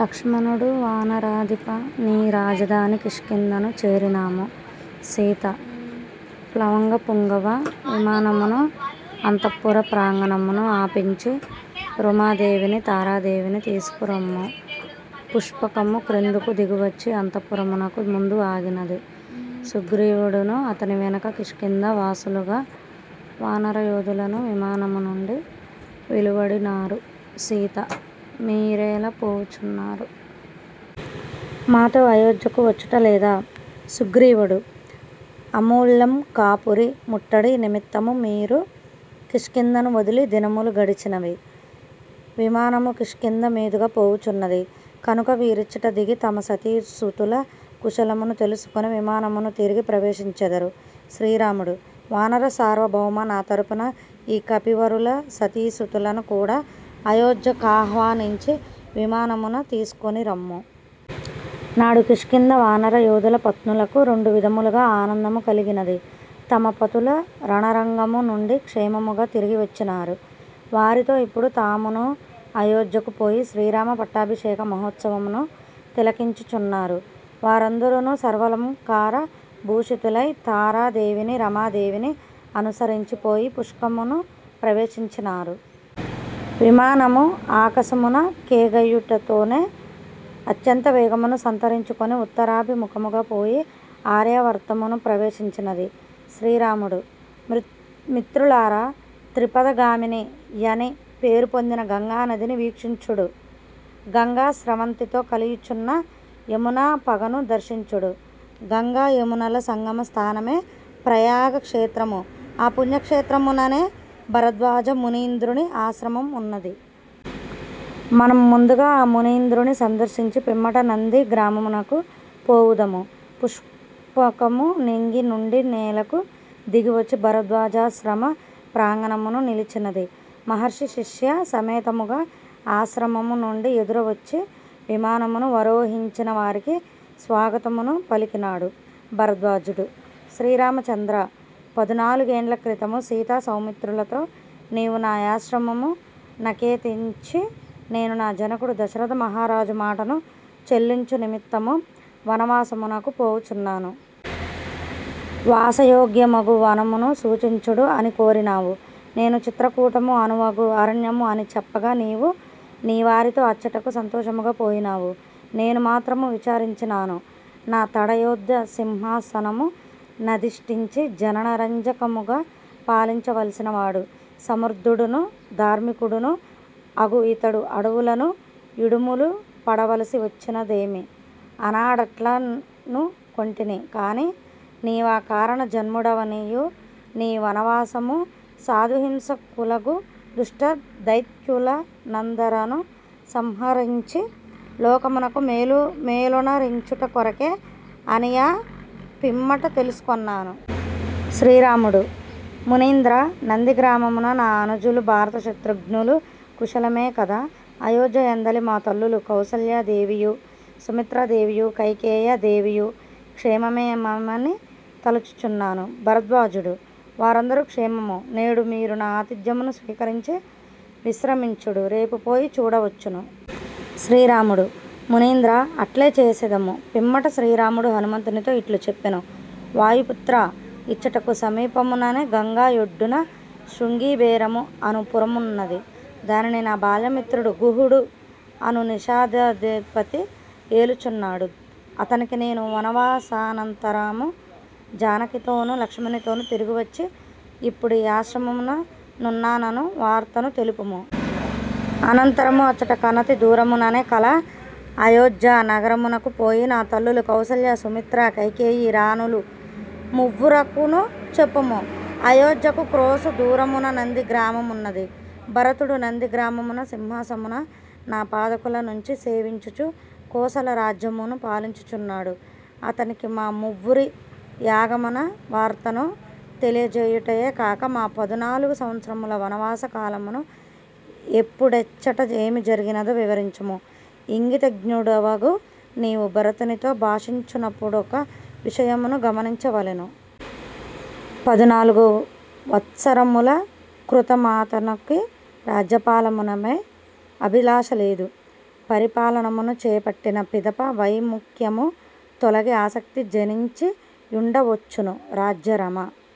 లక్ష్మణుడు: వానరాధిపా నీ రాజధాని కిష్కింధను చేరినాము. సీత: ప్లవంగ పుంగవా, విమానమును అంతఃపురప్రాంగణమున ఆపించి రుమాదేవినీ తారాదేవినీ తీసికొరమ్ము. పుష్పకము క్రిందునకు దిగివచ్చి అంతఃపురమునకు ముందు ఆగినది. సుగ్రీవుడునూ అతని వెనుక కిష్కింధ వాసులగు వానర యోదులునూ విమానము నుండి వెలువడినారు. సీతా: మీరేల పోవుచున్నారు? మాతో అయోధ్యకు వచ్చుటలేదా? సుగ్రీవుడు: అమూలంకాపురి ముట్టడి నిమిత్తము వీరు కిష్కింధను వదలి దినములు గడచినవి. విమానము కిష్కింధ మీదుగా పోవుచున్నది కనుక వీరిచ్చట దిగి తమ సతీసుతుల కుశలమును తెలిసికొని విమానమును తిరిగి ప్రవేశించెదరు. శ్రీరాముడు: వానర సార్వభౌమా నా తరపున ఈ కపివరుల సతీసుతులను కూడ అయోధ్య కాహ్వానించి విమానమున తీసికొనిరమ్ము. నాడు కిష్కింధ వానర యోధుల పత్నులకు రెండు విధములుగ ఆనందము కలిగినది: తమ పతులు రణరంగము నుండి క్షేమముగ తిరిగివచ్చినారు. వారితో ఇప్పుడు తామునూ అయోధ్యకు పోయి శ్రీరామ పట్టాభిషేక మహోత్సవమును తిలకించు చునున్నారు. వారందరును సర్వాలంకార భూషితలై తారాదేవినీ రమాదేవినీ అనుసరించి పోయి పుష్పకమును ప్రవేశించినారు. విమానము ఆకసమున కెగయుటతోనే అత్యంత వేగమును సంతరించుకొని ఉత్తరాభి ముఖముగా పోయి ఆర్యావర్తమును ప్రవేశించినది. శ్రీరాముడు: మిత్రులారా 'త్రిపథగామిని'యని పేరుపొందిన గంగానదిని వీక్షించుడు. గంగా స్రవంతితో కలియుచున్న యమునా పగను దర్శించుడు. గంగా యమునల సంగమ స్థానమే ప్రయాగక్షేత్రము. ఆ పుణ్యక్షేత్రముననే భరద్వాజ మునీంద్రుని ఆశ్రమం మున్నది. మనము ముందుగా ఆ మునీంద్రునీ సందర్శించి పిమ్మట నంది గ్రామమునకు పోవుదము. పుష్పకము నింగి నుండి నేలకు దిగివచ్చి భరద్వాజాశ్రమ ప్రాంగణమున నిలిచినది. మహర్షి శిష్య సమేతముగ ఆశ్రమము నుండి ఎదురువచ్చి విమానమున వరోహించిన వారికి స్వాగతమును పలికినాడు. భరద్వాజుడు: శ్రీరామచంద్రా, పదునాలుగేండ్ల క్రితము సీతా సౌమిత్రులతో నీవు నా యాశ్రమము నకేతించి నేను నా జనకుడు దశరథ మహారాజు మాటను చెల్లించు నిమిత్తము వనవాసమునకు పోవుచున్నాను. వాసయోగ్యమగు వనమును సూచించుడు అని కోరినావు. నేను 'చిత్రకూటము అనువగు అరణ్యము అని చెప్పగా నీవు నీవారితో అచ్చటకు సంతోషముగా పోయినావు! నేను మాత్రము విచారించినాను: ఈ తడయోధ్య సింహాసనము నధిష్ఠించి జనరంజకముగ పాలించవలసినవాడు! సమర్ధుడును ధార్మికుడును అగు ఇతడు అడవులను ఇడుములు పడవలసివచ్చినదేమి? ఆనాడట్లనుకొంటిని కాని, నీవ కారణ జన్ముడవనియూ నీ వనవాసము సాధుహింసకులగు దుష్ట దైత్యులనందఱను సంహరించి లోకమునకు మేలొనరించుట కొరకె అనియూ పిమ్మట తెలిసుకొన్నాను. శ్రీరాముడు: మునీంద్రా నంది గ్రామమున నా అనుజులు భారత శత్రుఘ్నులు కుశలమె కద? అయోధ్య యందలి మా తల్లులు కౌసల్యాదేవియూ, సుమిత్రా దేవియూ కైకేయ దేవియూ క్షేమమని తలచుచున్నాను. భరద్వాజుడు: వారందఱును క్షేమము. నేడు మీరు నా ఆతిథ్యమును స్వీకరించి విశ్రమించుడు. రేపు పోయి చూడవచ్చును. శ్రీరాముడు: మునీంద్రా అట్లే చేసెదము. పిమ్మట శ్రీరాముడు హనుమంతునితో ఇట్లు చెప్పెను: వాయుపుత్రా, ఇచ్చటకు సమీపముననె గంగ యొడ్డున శృంగిబేరము అను పురమున్నది. దానిని నా బాల్యమిత్రుడు 'గుహుడు' అను నిషాదాధిపతి ఏలుచున్నాడు. అతనికి నేను వనవాసానంతరాము జానకితోనూ లక్ష్మణునితోనూ తిరిగివచ్చి ఇప్పుడీ యాశ్రమమున నున్నానను వార్తను తెలుపుము. అనంతరము అచ్చట కనతి దూరముననె కళ అయోధ్యా నగరమునకు పోయి నా తల్లులు కౌసల్య సుమిత్ర కైకేయి రాణులు మువ్వురకును చెప్పుము. అయోధ్యకు క్రోసు దూరమున నంది గ్రామమున్నది. భరతుడు నంది గ్రామమున సింహాసనమున నా పాదుకల నుంచి సేవించుచు కోసల రాజ్యమును పాలించుచున్నాడు. అతనికి మా మువ్వురి యాగమన వార్తను తెలియజేయుటయె కాక మా పదునాలుగు వత్సరముల వనవాస కాలమున ఎప్పుడెచ్చట ఏమి జరిగినదో వివరించుము ఇంగితజ్ఞుడవగు నీవు భరతునితో భాషించునపుడొక విషయమును గమనించవలెను. పదునాలుగు వత్సరముల కృతమాతనకి రాజ్య పాలనముపై అభిలాష లేదు. పరిపాలనమును చేపట్టిన పిదప వైముఖ్యము తొలగి ఆసక్తి జనించి యుండవచ్చును. రాజ్యరమ